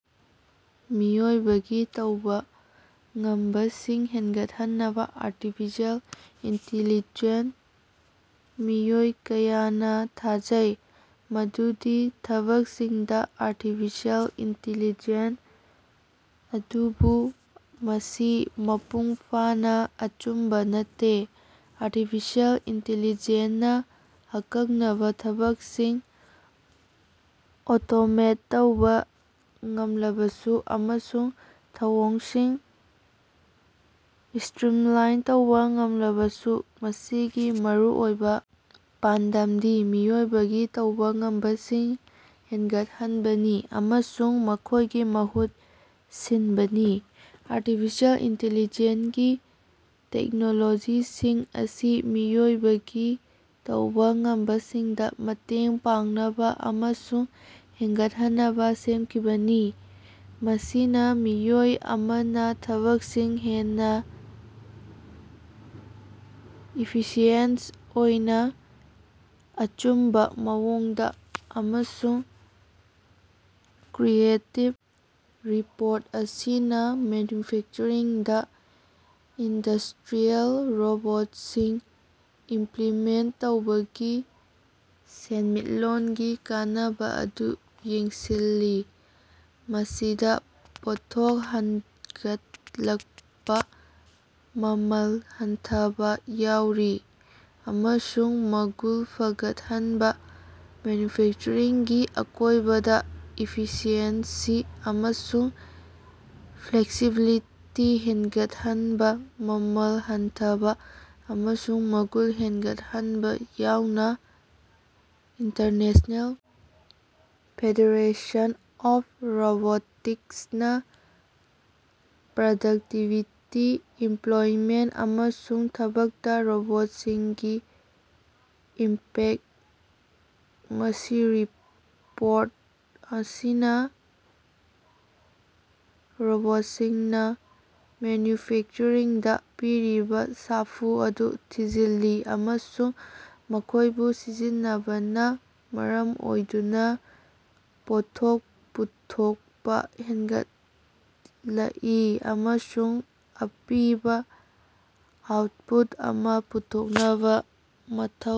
ꯃꯤꯑꯣꯏꯕꯒꯤ ꯇꯧꯕ ꯉꯝꯕꯁꯤꯡ ꯍꯦꯟꯒꯠꯍꯟꯅꯕ ꯑꯥꯔꯇꯤꯐꯤꯁꯦꯜ ꯏꯟꯇꯤꯂꯤꯖꯦꯟꯠ ꯃꯤꯑꯣꯏ ꯀꯌꯥꯅ ꯊꯥꯖꯩ ꯃꯗꯨꯗꯤ ꯊꯕꯛꯁꯤꯡꯗ ꯑꯥꯔꯇꯤꯐꯤꯁꯦꯜ ꯏꯟꯇꯤꯂꯤꯖꯦꯟꯠ ꯑꯗꯨꯕꯨ ꯃꯁꯤ ꯃꯄꯨꯡ ꯐꯥꯅ ꯑꯆꯨꯝꯕ ꯅꯠꯇꯦ꯫ ꯑꯥꯔꯇꯤꯐꯤꯁꯦꯜ ꯏꯟꯇꯤꯂꯤꯖꯦꯟꯠꯅ ꯑꯀꯛꯅꯕ ꯊꯕꯛꯁꯤꯡ ꯑꯣꯇꯣꯃꯦꯠ ꯇꯧꯕ ꯉꯝꯂꯕꯁꯨ ꯑꯃꯁꯨꯡ ꯊꯧꯑꯣꯡꯁꯤꯡ ꯁ꯭ꯇꯔꯤꯝꯂꯥꯏꯟ ꯇꯧꯕ ꯉꯝꯂꯕꯁꯨ, ꯃꯁꯤꯒꯤ ꯃꯔꯨꯑꯣꯏꯕ ꯄꯥꯟꯗꯝꯗꯤ ꯃꯤꯑꯣꯏꯕꯒꯤ ꯇꯧꯕ ꯉꯝꯕꯁꯤꯡ ꯍꯦꯟꯒꯠꯍꯟꯕꯅꯤ ꯑꯃꯁꯨꯡ ꯃꯈꯣꯏꯒꯤ ꯃꯍꯨꯠ ꯁꯤꯟꯕꯅꯤ꯫ ꯑꯥꯔꯇꯤꯐꯤꯁꯦꯜ ꯏꯟꯇꯤꯂꯤꯖꯦꯟꯠ ꯒꯤ ꯇꯦꯛꯅꯣꯂꯣꯖꯤꯁꯤꯡ ꯑꯁꯤ ꯃꯤꯑꯣꯏꯕꯒꯤ ꯇꯧꯕ ꯉꯝꯕꯁꯤꯡꯗ ꯃꯇꯦꯡ ꯄꯥꯡꯅꯕ ꯑꯃꯁꯨꯡ ꯍꯦꯟꯒꯠꯍꯟꯅꯕ ꯁꯦꯝꯈꯤꯕꯅꯤ, ꯃꯁꯤꯅ ꯃꯤꯑꯣꯏ ꯑꯃꯅ ꯊꯕꯛꯁꯤꯡ ꯍꯦꯟꯅ ꯏꯐꯤꯁꯤꯌꯦꯟꯠ ꯑꯣꯏꯅ, ꯑꯆꯨꯝꯕ ꯃꯑꯣꯡꯗ ꯑꯃꯁꯨꯡ ꯀ꯭ꯔꯤꯌꯦꯇꯤꯕ ꯔꯤꯄꯣꯔꯠ ꯑꯁꯤꯅ ꯃꯦꯅ꯭ꯌꯨꯐꯦꯛꯆꯔꯤꯡꯗ ꯏꯟꯗꯁꯇ꯭ꯔꯤꯌꯦꯜ ꯔꯣꯕꯣꯠꯁꯤꯡ ꯏꯝꯄ꯭ꯂꯤꯃꯦꯟꯠ ꯇꯧꯕꯒꯤ ꯁꯦꯟꯃꯤꯠꯂꯣꯟꯒꯤ ꯀꯥꯟꯅꯕ ꯑꯗꯨ ꯌꯦꯡꯁꯤꯜꯂꯤ, ꯃꯁꯤꯗ ꯄꯣꯠꯊꯣꯛ ꯍꯦꯟꯒꯠꯂꯛꯄ, ꯃꯃꯜ ꯍꯟꯊꯕ ꯌꯥꯎꯔꯤ꯫ ꯑꯃꯁꯨꯡ ꯃꯒꯨꯟ ꯐꯒꯠꯍꯟꯕ꯫ ꯃꯦꯅ꯭ꯌꯨꯐꯦꯛꯆꯔꯤꯡꯒꯤ ꯑꯀꯣꯏꯕꯗ, ꯏꯐꯤꯁꯤꯑꯦꯟꯁꯤ ꯑꯃꯁꯨꯡ ꯐ꯭ꯂꯦꯛꯁꯤꯕꯤꯂꯤꯇꯤ ꯍꯦꯟꯒꯠꯍꯟꯕ, ꯃꯃꯜ ꯍꯟꯊꯕ, ꯑꯃꯁꯨꯡ ꯃꯒꯨꯟ ꯍꯦꯟꯒꯠꯍꯟꯕ ꯌꯥꯎꯅ꯫ ꯏꯟꯇꯔꯅꯦꯁꯅꯦꯜ ꯐꯦꯗꯔꯦꯁꯟ ꯑꯣꯐ ꯔꯣꯕꯣꯇꯤꯛꯁꯅ ꯄ꯭ꯔꯗꯛꯇꯤꯕꯤꯇꯤ, ꯏꯝꯄ꯭ꯂꯣꯏꯃꯦꯟꯠ ꯑꯃꯁꯨꯡ ꯊꯕꯛꯇ ꯔꯣꯕꯣꯠꯁꯤꯡꯒꯤ ꯏꯝꯄꯦꯛ꯫ ꯃꯁꯤꯔꯤꯄꯣꯔꯠ ꯑꯁꯤꯅ ꯔꯣꯕꯣꯠꯁꯤꯡꯅ ꯃꯦꯅ꯭ꯌꯨꯐꯦꯛꯆꯔꯤꯡꯗ ꯄꯤꯔꯤꯕ ꯁꯥꯐꯨ ꯑꯗꯨ ꯊꯤꯖꯤꯜꯂꯤ ꯑꯃꯁꯨꯡ ꯃꯈꯣꯏꯕꯨ ꯁꯤꯖꯤꯟꯅꯕꯅ ꯃꯔꯝ ꯑꯣꯏꯗꯨꯅ ꯄꯣꯠꯊꯣꯛ ꯄꯨꯊꯣꯛꯄ ꯍꯦꯟꯒꯠꯂꯛꯏ, ꯑꯃꯁꯨꯡ ꯑꯄꯤꯕ ꯑꯥꯎꯠꯄꯨꯠ ꯑꯃ ꯄꯨꯊꯣꯛꯅꯕ ꯃꯊꯧ꯫